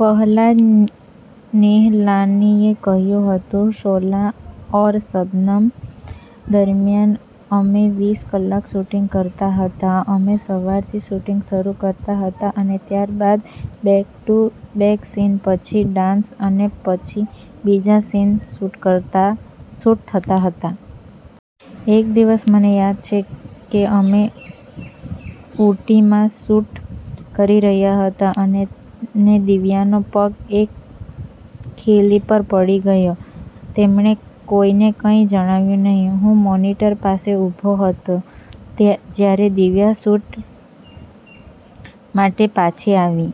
પહલાજ નિહલાનીએ કહ્યું હતું, " 'શોલા ઔર શબનમ' દરમિયાન અમે વીસ કલાક શૂટિંગ કરતા હતા. અમે સવારથી શૂટિંગ શરૂ કરતા હતા અને ત્યારબાદ બેક ટુ બેક સીન, પછી ડાન્સ અને પછી બીજા સીન શૂટ થતા હતા. એક દિવસ મને યાદ છે કે અમે ઊટીમાં શૂટ કરી રહ્યા હતા, અને દિવ્યાનો પગ એક ખીલી પર પડી ગયો. તેમણે કોઈને કંઈ જણાવ્યું નહીં. હું મોનિટર પાસે ઊભો હતો, જ્યારે દિવ્યા શૂટ માટે પાછી આવી.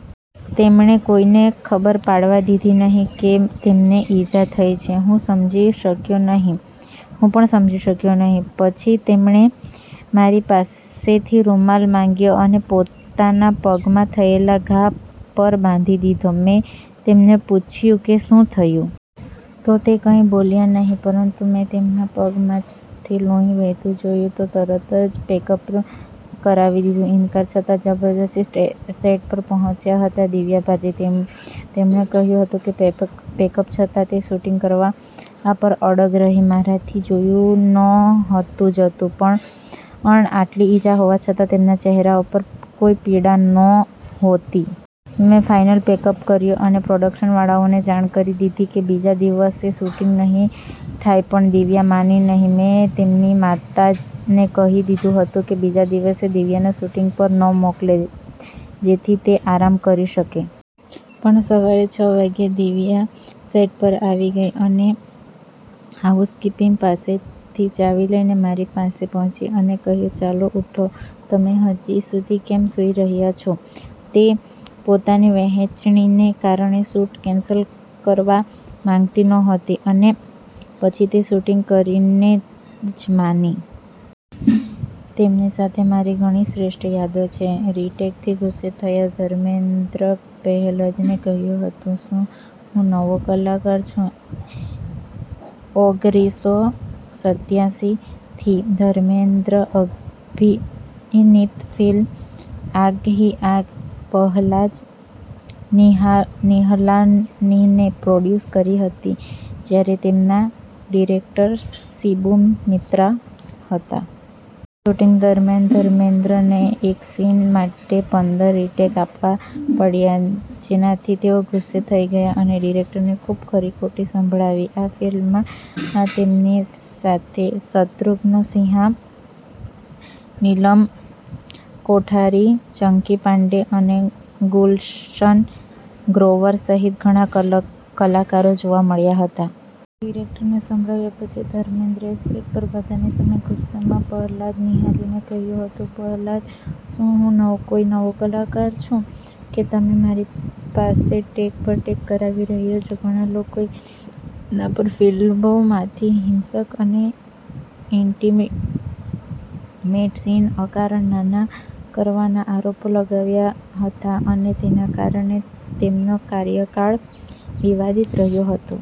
તેમણે કોઈને ખબર પડવા દીધી નહીં કે તેમને ઈજા થઈ છે. હું પણ સમજી શક્યો નહીં, પછી તેમણે મારી પાસેથી રૂમાલ માંગ્યો અને પોતાના પગમાં થયેલા ઘા પર બાંધી લીધો." મેં તેમને પૂછ્યું કે, શું થયું? તો તે કંઈ બોલ્યા નહીં, પરંતુ મેં તેમના પગમાંથી લોહી વહેતું જોયું તો પછી તરત જ પેકઅપ કરાવી દીધું." ઇનકાર છતાં જબરદસ્તી સેટ પર પહોંચ્યા હતા દિવ્યા ભારતી. તેમણે કહ્યું હતું કે, "પેકઅપ છતાં તે શૂટિંગ કરવા પર અડગ રહી, મારાથી જોયું નહોતું જતું પણ આટલી ઈજા થવા છતાં તેમના ચહેરા પર કોઈ પીડા નહોતી. મેં ફાઇનલ પેકઅપ કર્યું અને પ્રોડક્શનવાળાઓને જાણ કરી દીધી કે બીજા દિવસે શૂટિંગ નહીં થાય પણ દિવ્યા માની નહીં. મેં તેમની માતાને કહી દીધું હતું કે બીજા દિવસે દિવ્યાને શૂટિંગ પર ન મોકલે જેથી તે આરામ કરી શકે. પણ સવારે છ વાગ્યે, દિવ્યા સેટ પર આવી ગઈ, અને હાઉસ-કીપિંગ પાસેથી ચાવી લઈને મારી પાસે પહોંચી, અને કહ્યું, 'ચલો ઉઠો, તમે હજી સુધી કેમ સૂઈ રહ્યા છો?' તે પોતાની વહેંચણીને કારણે શૂટ કેન્સલ કરવા માંગતી નહોતી અને પછી તે શૂટિંગ કરીને જ માની. તેમની સાથે મારી ઘણી શ્રેષ્ઠ યાદો છે." રીટેકથી ગુસ્સે થયા ધર્મેન્દ્ર પહેલજને કહ્યું હતું, "શું હું નવો કલાકાર છું?" ઓગરીસો સત્યાસી ની ધર્મેન્દ્ર અભિનીત ફિલ્મ 'આગ હી આગ' પહલાજ નિહલાનીએ પ્રોડ્યુસ કરી હતી, જ્યારે તેમના ડિરેક્ટર શિબુ મિત્રા હતા. શૂટિંગ દરમિયાન ધર્મેન્દ્રને એક સીન માટે પંદર રીટેક આપવા પડ્યા, જેનાથી તેઓ ગુસ્સે થઈ ગયા અને ડિરેક્ટરને ખૂબ ખરી-ખોટી સંભળાવી. આ ફિલ્મમાં તેમની સાથે શત્રુઘ્ન સિંહા, નીલમ કોઠારી, ચંકી પાંડે અને ગુલશન ગ્રોવર સહિત ઘણા કલાકારો જોવા મળ્યા હતા. ડિરેક્ટરને સંભળાવ્યા પછી ધર્મેન્દ્રએ સેટ પર બધાની સામે ગુસ્સામાં પહલાજ નિહલાનીને કહ્યું હતું- "પહલાજ, શું હું કોઈ નવો કલાકાર છું? જે તમે મારી પાસે ટેક પર ટેક કરાવી રહ્યા છો." ઘણા લોકોએ તેમના પર ફિલ્મોમાંથી હિંસક અને ઇન્ટિમેટ સીન અકારણ નાના કરવાના આરોપો લગાવ્યા હતા અને તેના કારણે તેમનો કાર્યકાળ વિવાદિત રહ્યો હતો.